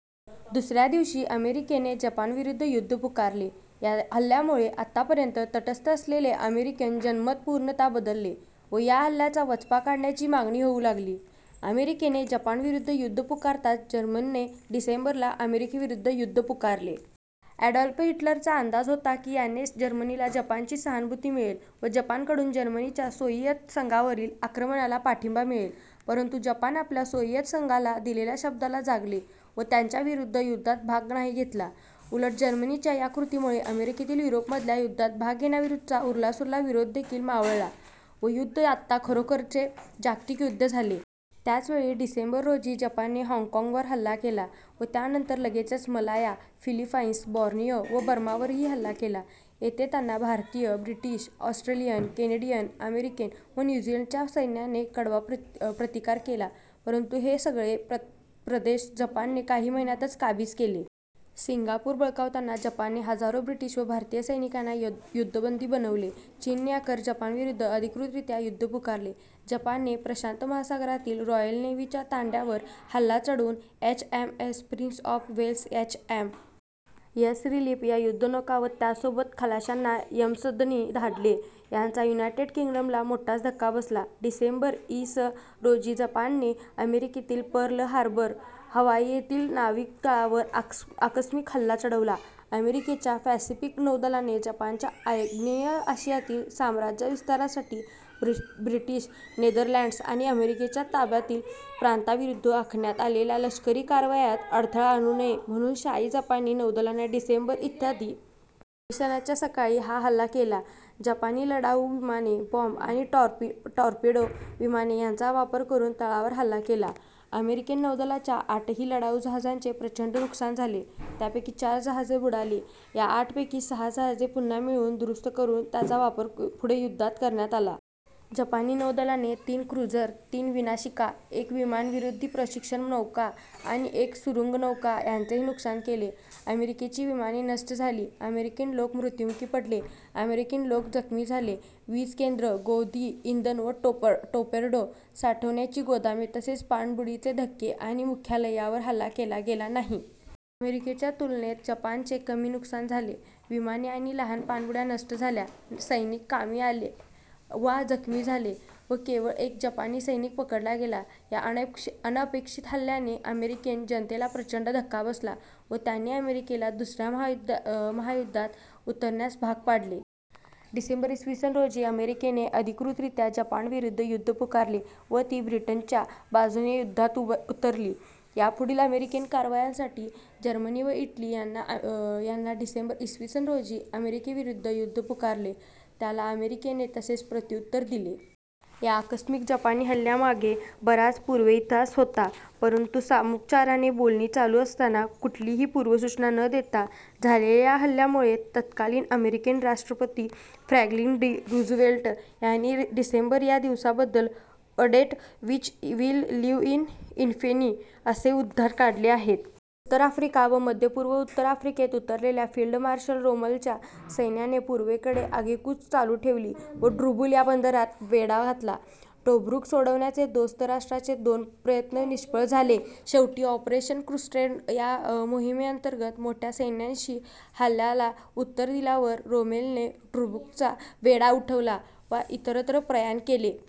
दुसऱ्या दिवशी अमेरिकेने जपानविरुद्ध युद्ध पुकारले. या हल्ल्यामुळे आत्तापर्यंत तटस्थ असलेले अमेरिकन जनमत पूर्णतः बदलले व या हल्ल्याचा वचपा काढण्याची मागणी होऊ लागली. अमेरिकेने जपानविरुद्ध युद्ध पुकारताच जर्मनीने डिसेंबर ला अमेरिकेविरुद्ध युद्ध पुकारले. ॲडॉल्फ हिटलरचा अंदाज होता की याने जर्मनीला जपानची सहानुभूती मिळेल व जपानकडून जर्मनीच्या सोव्हिएत संघावरील आक्रमणाला पाठिंबा मिळेल. परंतु जपान आपल्या सोव्हिएत संघाला दिलेल्या शब्दाला जागले व त्यांच्याविरुद्ध युद्धात भाग नाही घेतला. उलट, जर्मनीच्या या कृतीमुळे अमेरिकेतील युरोपमधल्या युद्धात भाग घेण्याविरुद्धचा उरलासुरला विरोधदेखील मावळला व युद्ध आता खरोखरचे जागतिक युद्ध झाले. त्याचवेळी डिसेंबर रोजी जपानने हॉंग कॉंगवर हल्ला केला व त्यानंतर लगेचच मलाया, फिलिपाईन्स, बॉर्नियो व बर्मावरही हल्ला केला. येथे त्यांना भारतीय, ब्रिटिश, ऑस्ट्रेलियन, केनेडीयन, अमेरिकन व न्यू झीलंडच्या सैन्याने कडवा प्रतिकार केला परंतु हे सगळे प्रदेश जपानने काही महिन्यातच काबीज केले. सिंगापूर बळकावताना जपानने हजारो ब्रिटिश व भारतीय सैनिकांना युद्धबंदी बनवले. चीनने अखेर जपानविरुद्ध अधिकृतरीत्या युद्ध पुकारले. जपानने प्रशांत महासागरातील रॉयल नेव्हीच्या तांड्यावर हल्ला चढवून H. M. S. Prince of Wales, H. M. S. Repulse या युद्धनौका व त्यासोबत खलाश्यांना यमसदनी धाडले. याचा युनायटेड किंग्डमला मोठाच धक्का बसला. डिसेंबर, इ. स. रोजी जपानाने अमेरिकेच्या पर्ल हार्बर, हवाई येथील नाविक तळावर आकस्मिक हल्ला चढवला. अमेरिकेच्या पॅसिफिक नौदलाने जपानाच्या आग्नेय आशियातील साम्राज्यविस्तारासाठी ब्रिटन, नेदरलँड्स् आणि अमेरिकेच्या ताब्यातील प्रांतांविरुद्ध आखण्यात आलेल्या लष्करी कारवायांत अडथळा आणू नये, म्हणून शाही जपानी नौदलाने डिसेंबर, इ. स. च्या सकाळी हा हल्ला केला. जपानी लढाऊ विमाने, बॉंब आणि टॉर्पेडो विमाने यांचा वापर करून तळावर हल्ला केला. अमेरिकन नौदलाच्या आठही लढाऊ जहाजांचे प्रचंड नुकसान झाले. त्यांपैकी चार जहाजे बुडाली. या आठपैकी सहा जहाजे पुन्हा मिळवून्, दुरुस्त करून त्यांचा वापर पुढे युद्धात करण्यात आला. जपानी नौदलाने तीन क्रूझर, तीन विनाशिका, एक विमानविरोधी प्रशिक्षण नौका आणि एक सुरूंगनौका यांचेही नुकसान केले. अमेरिकेची विमाने नष्ट झाली, अमेरिकन लोक मृत्युमुखी पडले, अमेरिकन लोक जखमी झाले. वीजकेंद्र, गोदी, इंधन व टॉर्पेडो साठवण्याची गोदामे तसेच, पाणबुडीचे धक्के आणि मुख्यालय यांवर हल्ला केला गेला नाही. अमेरिकेच्या तुलनेत जपानाचे कमी नुकसान झाले: विमाने आणि लहान पाणबुड्या नष्ट झाल्या, सैनिक कामी आले वा जखमी झाले व केवळ् एक जपानी सैनिक पकडला गेला. ह्या अनपेक्षित हल्ल्याने अमेरिकन जनतेला प्रचंड धक्का बसला व त्याने अमेरिकेला दुसऱ्या महायुद्धात उतरण्यास भाग पाडले. डिसेंबर, इ. स. रोजी अमेरिकेने अधिकृतरीत्या जपानाविरुद्ध युद्ध पुकारले व ती ब्रिटनाच्या बाजूने युद्धात उतरली. यापुढील अमेरिकन कारवायांमुळे जर्मनी व इटली यांनी डिसेंबर, इ. स. रोजी अमेरिकेविरुद्ध युद्ध पुकारले. त्याला अमेरिकेने तसेच प्रत्युत्तर दिले. या आकस्मिक जपानी हल्ल्यामागे बराच पूर्वेतिहास होता, परंतु, सामोपचाराने बोलणी चालू असताना, कुठलीली पूर्वसूचना न देता झालेल्या ह्या हल्ल्यामुळे तत्कालीन अमेरिकन साष्ट्रपती फ्रॅंकलिन डी. रूझवेल्ट यांनी डिसेंबर, या दिवसाबद्दल 'a date which will live in infamy' असे उद्गार काढले आहेत. उत्तर आफ्रिका व मध्यपूर्व उत्तर आफ्रिकेत उतरलेल्या फील्ड मार्शल रोमेलच्या सैन्याने पूर्वेकडे आगेकूच चालू ठेवली व टोब्रुक या बंदराला वेढा घातला. टोब्रुक सोडवायचे दोस्त राष्ट्रांचे दोन प्रयत्न निष्फळ झाले शेवटी ऑपरेशन क्रुसेडर या मोहीमेंतर्गत मोठ्या सैन्यानिशी हल्ल्याला उत्तर दिल्यावर रोमेलने टोब्रुकचा वेढा उठवला वा इतरत्र प्रयाण केले.